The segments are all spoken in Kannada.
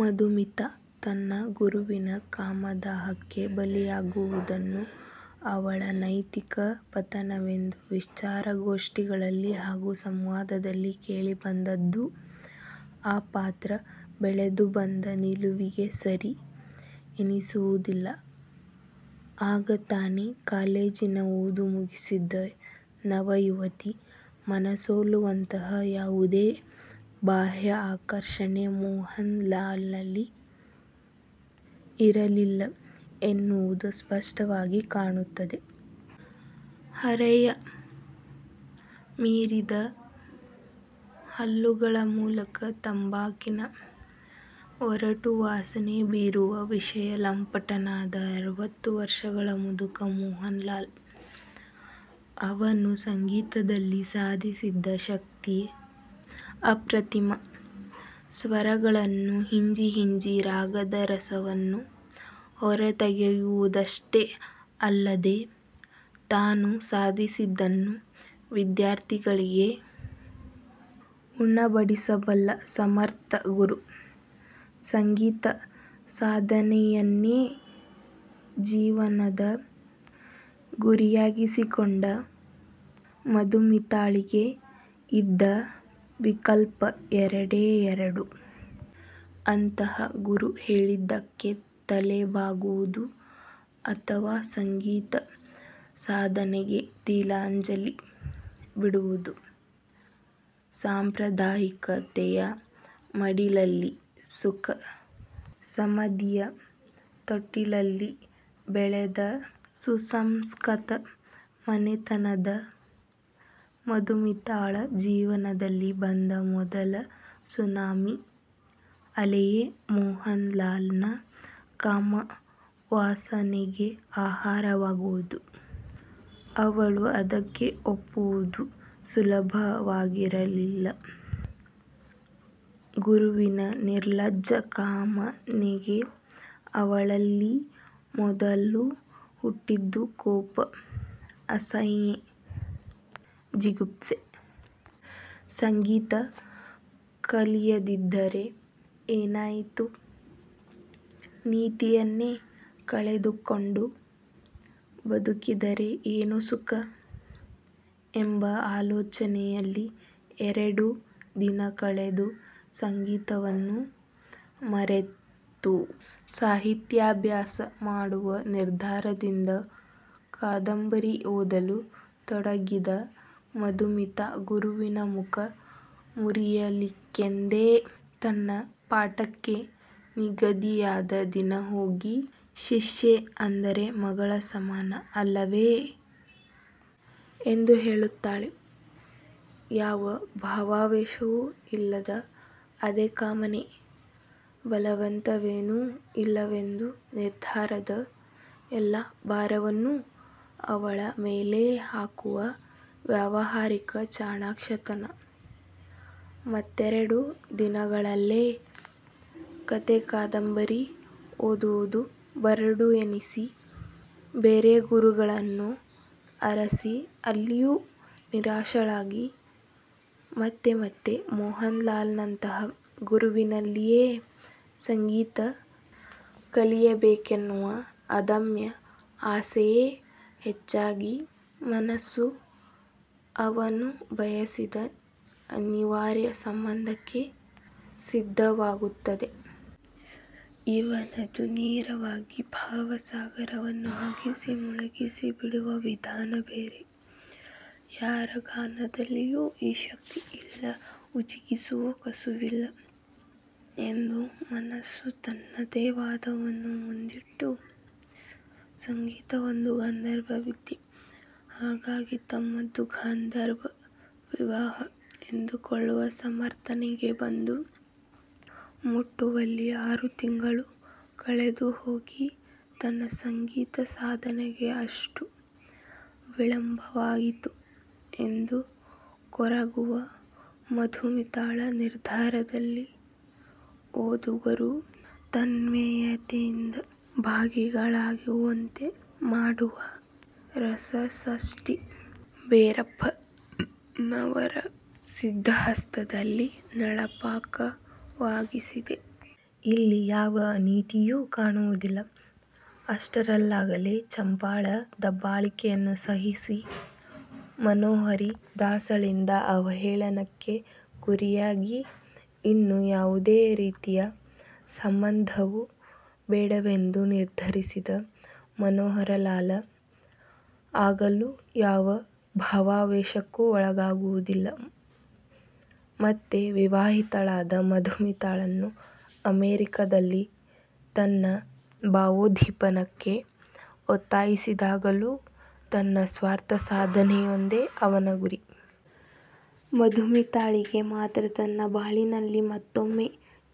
ಮಧುಮಿತಾ ತನ್ನ ಗುರುವಿನ ಕಾಮದಾಹಕ್ಕೆ ಬಲಿಯಾಗುವುದನ್ನು ಅವಳ ನೈತಿಕ ಪತನವೆಂದು ವಿಚಾರಗೋಷ್ಠಿಗಳಲ್ಲಿ ಹಾಗೂ ಸಂವಾದದಲ್ಲಿ ಕೇಳಿಬಂದದ್ದು ಆ ಪಾತ್ರ ಬೆಳೆದು ಬಂದ ನಿಲುವಿಗೆ ಸರಿ ಎನಿಸುವುದಿಲ್ಲ. ಆಗ ತಾನೇ ಕಾಲೇಜಿನ ಓದು ಮುಗಿಸಿದ್ದ ನವ ಯುವತಿ ಮನಸೋಲುವಂತಹ ಯಾವುದೇ ಬಾಹ್ಯ ಆಕರ್ಷಣೆ ಮೋಹನಲಾಲನಲ್ಲಿ ಇರಲಿಲ್ಲ ಎನ್ನುವುದು ಸ್ಪಷ್ಟವಾಗಿ ಕಾಣುತ್ತದೆ. ಹರೆಯ ಮೀರಿದ, ಹಲ್ಲುಗಳ ಮೂಲಕ ತಂಬಾಕಿನ ಒರಟು ವಾಸನೆ ಬೀರುವ ವಿಷಯ ಲಂಪಟನಾದ ಅರವತ್ತು ವರ್ಷಗಳ ಮುದುಕ ಮೋಹನಲಾಲ್. ಅವನು ಸಂಗೀತದಲ್ಲಿ ಸಾಧಿಸಿದ್ದ ಶಕ್ತಿ ಅಪ್ರತಿಮ. ಸ್ವರಗಳನ್ನು ಹಿಂಜಿ ಹಿಂಜಿ ರಾಗದ ರಸವನ್ನು ಹೊರತೆಗೆಯುವುದಷ್ಟೇ ಅಲ್ಲದೆ, ತಾನು ಸಾಧಿಸಿದ್ದನ್ನು ವಿದ್ಯಾರ್ಥಿಗಳಿಗೆ ಉಣಬಡಿಸಬಲ್ಲ ಸಮರ್ಥ ಗುರು. ಸಂಗೀತ ಸಾಧನೆಯನ್ನೇ ಜೀವನದ ಗುರಿಯಾಗಿಸಿಕೊಂಡ ಮಧುಮಿತಾಳಿಗೆ ಇದ್ದ ವಿಕಲ್ಪ ಎರಡೇ ಎರಡು. ಅಂತಹ ಗುರು ಹೇಳಿದ್ದಕ್ಕೆ ತಲೆ ಬಾಗುವುದು ಅಥವಾ ಸಂಗೀತ ಸಾಧನೆಗೆ ತಿಲಾಂಜಲಿ ಬಿಡುವುದು. ಸಾಂಪ್ರದಾಯಿಕತೆಯ ಮಡಿಲಲ್ಲಿ, ಸುಖ-ಸಮದ್ಧಿಯ ತೊಟ್ಟಿಲಲ್ಲಿ ಬೆಳೆದ ಸುಸಂಸ್ಕತ ಮನೆತನದ ಮಧುಮಿತಾಳ ಜೀವನದಲ್ಲಿ ಬಂದ ಮೊದಲ ಸುನಾಮಿ ಅಲೆಯೇ ಮೋಹನಲಾಲನ ಕಾಮವಾಸನೆಗೆ ಆಹಾರವಾಗುವುದು. ಅವಳು ಅದಕ್ಕೆ ಒಪ್ಪುವುದು ಸುಲಭವಾಗಿರಲಿಲ್ಲ. ಗುರುವಿನ ನಿರ್ಲಜ್ಜ ಕಾಮನೆಗೆ ಅವಳಲ್ಲಿ ಮೊದಲು ಹುಟ್ಟಿದ್ದು ಕೋಪ-ಅಸಹ್ಯ-ಜಿಗುಪ್ಸೆ. ಸಂಗೀತ ಕಲಿಯದಿದ್ದರೆ ಏನಾಯಿತು? ನೀತಿಯನ್ನೇ ಕಳೆದುಕೊಂಡು ಬದುಕಿದರೆ ಏನು ಸುಖ? ಎಂಬ ಆಲೋಚನೆಯಲ್ಲಿ ಎರಡು ದಿನ ಕಳೆದು ಸಂಗೀತವನ್ನು ಮರೆತು, ಸಾಹಿತ್ಯಾಭ್ಯಾಸ ಮಾಡುವ ನಿರ್ಧಾರದಿಂದ ಕಾದಂಬರಿ ಓದಲು ತೊಡಗಿದ ಮಧುಮಿತಾ ಗುರುವಿನ ಮುಖ ಮುರಿಯಲಿಕ್ಕೆಂದೇ ತನ್ನ ಪಾಠಕ್ಕೆ ನಿಗದಿಯಾದ ದಿನ ಹೋಗಿ 'ಶಿಷ್ಯೆ ಅಂದರೆ ಮಗಳ ಸಮಾನ ಅಲ್ಲವೇ? ' ಎಂದು ಕೇಳುತ್ತಾಳೆ. ಯಾವ ಭಾವಾವೇಶವೂ ಇಲ್ಲದ ಅದೇ ಕಾಮನೆ.. ಬಲವಂತವೇನೂ ಇಲ್ಲವೆಂದು ನಿರ್ಧಾರದ ಎಲ್ಲಾ ಭಾರವನ್ನೂ ಅವಳ ಮೇಲೇ ಹಾಕುವ ವ್ಯಾವಹಾರಿಕ ಚಾಣಾಕ್ಷತನ. ಮತ್ತೆರಡು ದಿನಗಳಲ್ಲೇ, ಕಥೆ-ಕಾದಂಬರಿ ಓದುವುದು ಬರಡು ಎನಿಸಿ, ಬೇರೆ ಗುರುಗಳನ್ನು ಅರಸಿ ಅಲ್ಲಿಯೂ ನಿರಾಶಳಾಗಿ, ಮತ್ತೆ ಮತ್ತೆ, ಮೋಹನಲಾಲನಂತಹ ಗುರುವಿನಲ್ಲಿಯೇ ಸಂಗೀತ ಕಲಿಯಬೇಕೆನ್ನುವ ಅದಮ್ಯ ಆಸೆಯೇ ಹೆಚ್ಚಾಗಿ ಮನಸ್ಸು ಅವನು ಬಯಸಿದ ಅನಿವಾರ್ಯ ಸಂಬಂಧಕ್ಕೆ ಸಿದ್ಧವಾಗುತ್ತದೆ. ' ಇವನದು ನೇರವಾಗಿ ಭಾವ ಸಾಗರವನ್ನು ಹೊಗಿಸಿ ಮುಳುಗಿಸಿಬಿಡುವ ವಿಧಾನಬೇರೆ ಯಾರ ಗಾಯನದಲ್ಲಿಯೂ ಈ ಶಕ್ತಿ ಇಲ್ಲಉಜ್ಜುಗಿಸುವ ಕಸುವಿಲ್ಲ' ಎಂದು ಮನಸ್ಸು ತನ್ನದೇ ವಾದವನ್ನು ಮುಂದಿಟ್ಟು, ಸಂಗೀತ ಒಂದು ಗಂಧರ್ವ ವಿದ್ಯೆ, ಹಾಗಾಗಿ ತಮ್ಮದು ಗಾಂಧರ್ವ ವಿವಾಹ ಎಂದುಕೊಳ್ಳುವ ಸಮರ್ಥನೆಗೆ ಬಂದು ಮುಟ್ಟುವಲ್ಲಿ ಆರು ತಿಂಗಳು ಕಳೆದುಹೋಗಿ, ತನ್ನ ಸಂಗೀತ ಸಾಧನೆಗೆ ಅಷ್ಟು ವಿಳಂಬವಾಯಿತು ಎಂದು ಕೊರಗುವ ಮಧುಮಿತಾಳ ನಿರ್ಧಾರದಲ್ಲಿ ಓದುಗರೂ ತನ್ಮಯತೆಯಿಂದ ಭಾಗಿಗಳಾಗುವಂತೆ ಮಾಡುವ ರಸಸಷ್ಟಿ ಭೆರಪ್ಪನವರ ಸಿದ್ಧಹಸ್ತದಲ್ಲಿ ನಳಪಾಕವಾಗಿಸಿದೆ. ಇಲ್ಲಿ ಯಾವ ಅನೀತಿಯೂ ಕಾಣುವುದಿಲ್ಲ. ಅಷ್ಟರಲ್ಲಾಗಲೇ, ಚಂಪಾಳ ದಬ್ಬಾಳಿಕೆಯನ್ನು ಸಹಿಸಿ, ಮನೋಹರಿ ದಾಸಳಿಂದ ಅವಹೇಳನಕ್ಕೆ ಗುರಿಯಾಗಿ ಇನ್ನು ಯಾವುದೇ ರೀತಿಯ ಬಂಧನವೂ ಬೇಡವೆಂದು ನಿರ್ಧರಿಸಿದ್ದ ಮನೋಹರಲಾಲ, ಆಗಲೂ ಯಾವ ಭಾವಾವೇಶಕ್ಕೂ ಒಳಗಾಗುವುದಿಲ್ಲ. ಮತ್ತೆ, ವಿವಾಹಿತಳಾದ ಮಧುಮಿತಾಳನ್ನು ಅಮೆರಿಕದಲ್ಲಿ ತನ್ನ ಭಾವೋದ್ದೀಪನಕ್ಕೆ ಒತ್ತಾಯಿಸಿದಾಗಲೂ ತನ್ನ ಸ್ವಾರ್ಥ ಸಾಧನೆಯೊಂದೇ ಅವನ ಗುರಿ. ಮಧುಮಿತಾಳಿಗೆ ಮಾತ್ರ ತನ್ನ ಬಾಳಿನಲ್ಲಿ ಮತ್ತೊಮ್ಮೆ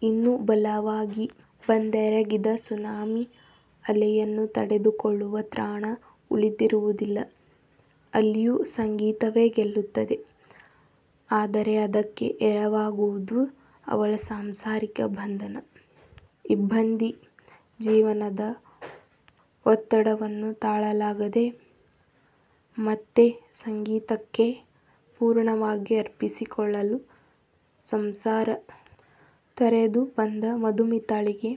ಇನ್ನೂ ಬಲವಾಗಿ ಬಂದೆರಗಿದ ಸುನಾಮಿ ಅಲೆಯನ್ನು ತಡೆದುಕೊಳ್ಳುವ ತ್ರಾಣ ಉಳಿದಿರುವುದಿಲ್ಲ. ಅಲ್ಲಿಯೂ ಸಂಗೀತವೇ ಗೆಲ್ಲುತ್ತದೆ. ಆದರೆ ಅದಕ್ಕೆ ಎರವಾಗುವುದು ಅವಳ ಸಾಂಸಾರಿಕ ಬಂಧನ. ಇಬ್ಬಂದಿ ಜೀವನದ ಒತ್ತಡವನ್ನು ತಾಳಲಾಗದೆ, ಮತ್ತೆ ಸಂಗೀತಕ್ಕೇ ಪೂರ್ಣವಾಗಿ ಅರ್ಪಿಸಿಕೊಳ್ಳಲು ಸಂಸಾರ ತೊರೆದು ಬಂದ ಮಧುಮಿತಾಳಿಗೆ,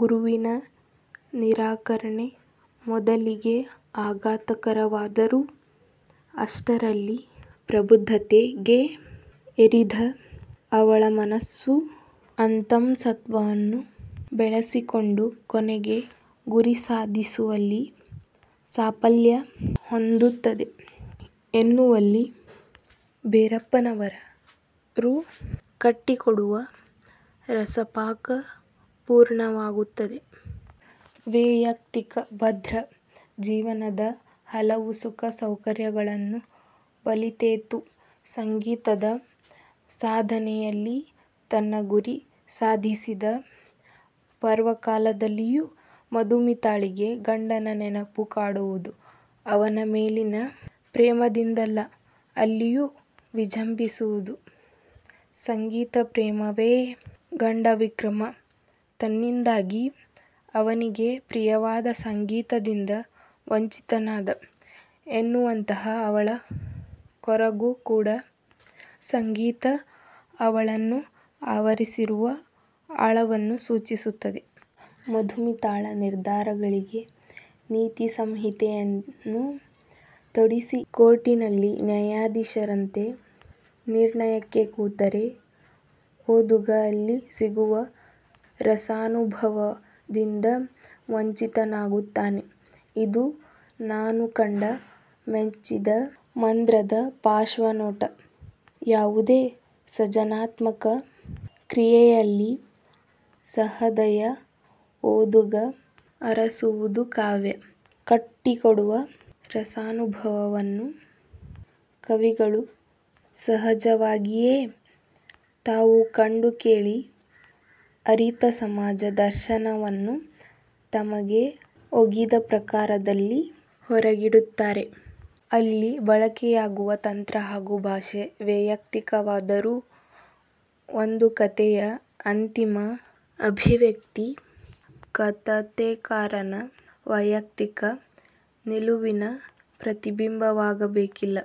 ಗುರುವಿನ ನಿರಾಕರಣೆ ಮೊದಲಿಗೆ ಆಘಾತಕರವಾದರೂ, ಅಷ್ಟರಲ್ಲಿ ಪ್ರಬುದ್ಧತೆಗೆ ಏರಿದ್ದ ಅವಳ ಮನಸ್ಸು, ಅಂತಃಸತ್ತ್ವವನ್ನು ಬೆಳೆಸಿಕೊಂಡು ಕೊನೆಗೆ ಗುರಿಸಾಧಿಸುವಲ್ಲಿ ಸಾಫಲ್ಯ ಹೊಂದುತ್ತದೆ ಎನ್ನುವಲ್ಲಿ ಭೆರಪ್ಪನವರು ಕಟ್ಟಿಕೊಡುವ ರಸಪಾಕ ಪೂರ್ಣವಾಗುತ್ತದೆ. ವೆಯಕ್ತಿಕ ಭದ್ರ ಜೀವನದ ಹಲವು ಸುಖ-ಸೌಕರ್ಯಗಳನ್ನು ಬಲಿತೆತ್ತು, ಸಂಗೀತದ ಸಾಧನೆಯಲ್ಲಿ ತನ್ನ ಗುರಿ ಸಾಧಿಸಿದ ಪರ್ವಕಾಲದಲ್ಲಿಯೂ ಮಧುಮಿತಾಳಿಗೆ ಗಂಡನ ನೆನಪು ಕಾಡುವುದು ಅವನ ಮೇಲಿನ ಪ್ರೇಮದಿಂದಲ್ಲಅಲ್ಲಿಯೂ ವಿಜಂಭಿಸುವುದು ಸಂಗೀತ ಪ್ರೇಮವೇ.. ಗಂಡ ವಿಕ್ರಮ ತನ್ನಿಂದಾಗಿ, ಅವನಿಗೆ ಪ್ರಿಯವಾದ ಸಂಗೀತದಿಂದ ವಂಚಿತನಾದ ಎನ್ನುವಂತಹ ಅವಳ ಕೊರಗೂ ಕೂಡ ಸಂಗೀತ ಅವಳನ್ನು ಆವರಿಸಿರುವ ಆಳವನ್ನು ಸೂಚಿಸುತ್ತದೆ. ಮಧುಮಿತಾಳ ನಿರ್ಧಾರಗಳಿಗೆ ನೀತಿ ಸಂಹಿತೆಯನ್ನು ತೊಡಿಸಿ, ಕೋರ್ಟಿನಲ್ಲಿ ನ್ಯಾಯಾಧೀಶರಂತೆ ನಿರ್ಣಯಕ್ಕೆ ಕೂತರೆ, ಓದುಗ ಅಲ್ಲಿ ಸಿಗುವ ರಸಾನುಭವದಿಂದ ವಂಚಿತನಾಗುತ್ತಾನೆ. ಇದು, ನಾನು ಕಂಡು ಮೆಚ್ಚಿದ ಮಂದ್ರದ ಪಾರ್ಶ್ವ ನೋಟ. ಯಾವುದೇ ಸಜನಾತ್ಮಕ ಕ್ರಿಯೆಯಲ್ಲಿ ಸಹದಯ ಓದುಗ ಅರಸುವುದು ಕಾವ್ಯ ಕಟ್ಟಿಕೊಡುವ ರಸಾನುಭವವನ್ನು. ಕವಿಗಳು ಸಹಜವಾಗಿಯೇ, ತಾವು ಕಂಡು ಕೇಳಿ ಅರಿತ ಸಮಾಜ ದರ್ಶನವನ್ನು ತಮಗೆ ಒಗ್ಗಿದ ಪ್ರಕಾರದಲ್ಲಿ ಹೊರಗಿಡುತ್ತಾರೆ. ಅಲ್ಲಿ ಬಳಕೆಯಾಗುವ ತಂತ್ರ ಹಾಗೂ ಭಾಷೆ ವೆಯಕ್ತಿಕವಾದರೂ, ಒಂದು ಕಥೆಯ ಅಂತಿಮ ಅಭಿವ್ಯಕ್ತಿ ಕತಥೆಕಾರನ ವೈಯಕ್ತಿಕ ನಿಲುವಿನ ಪ್ರತಿಬಿಂಬವಾಗಬೇಕಿಲ್ಲ.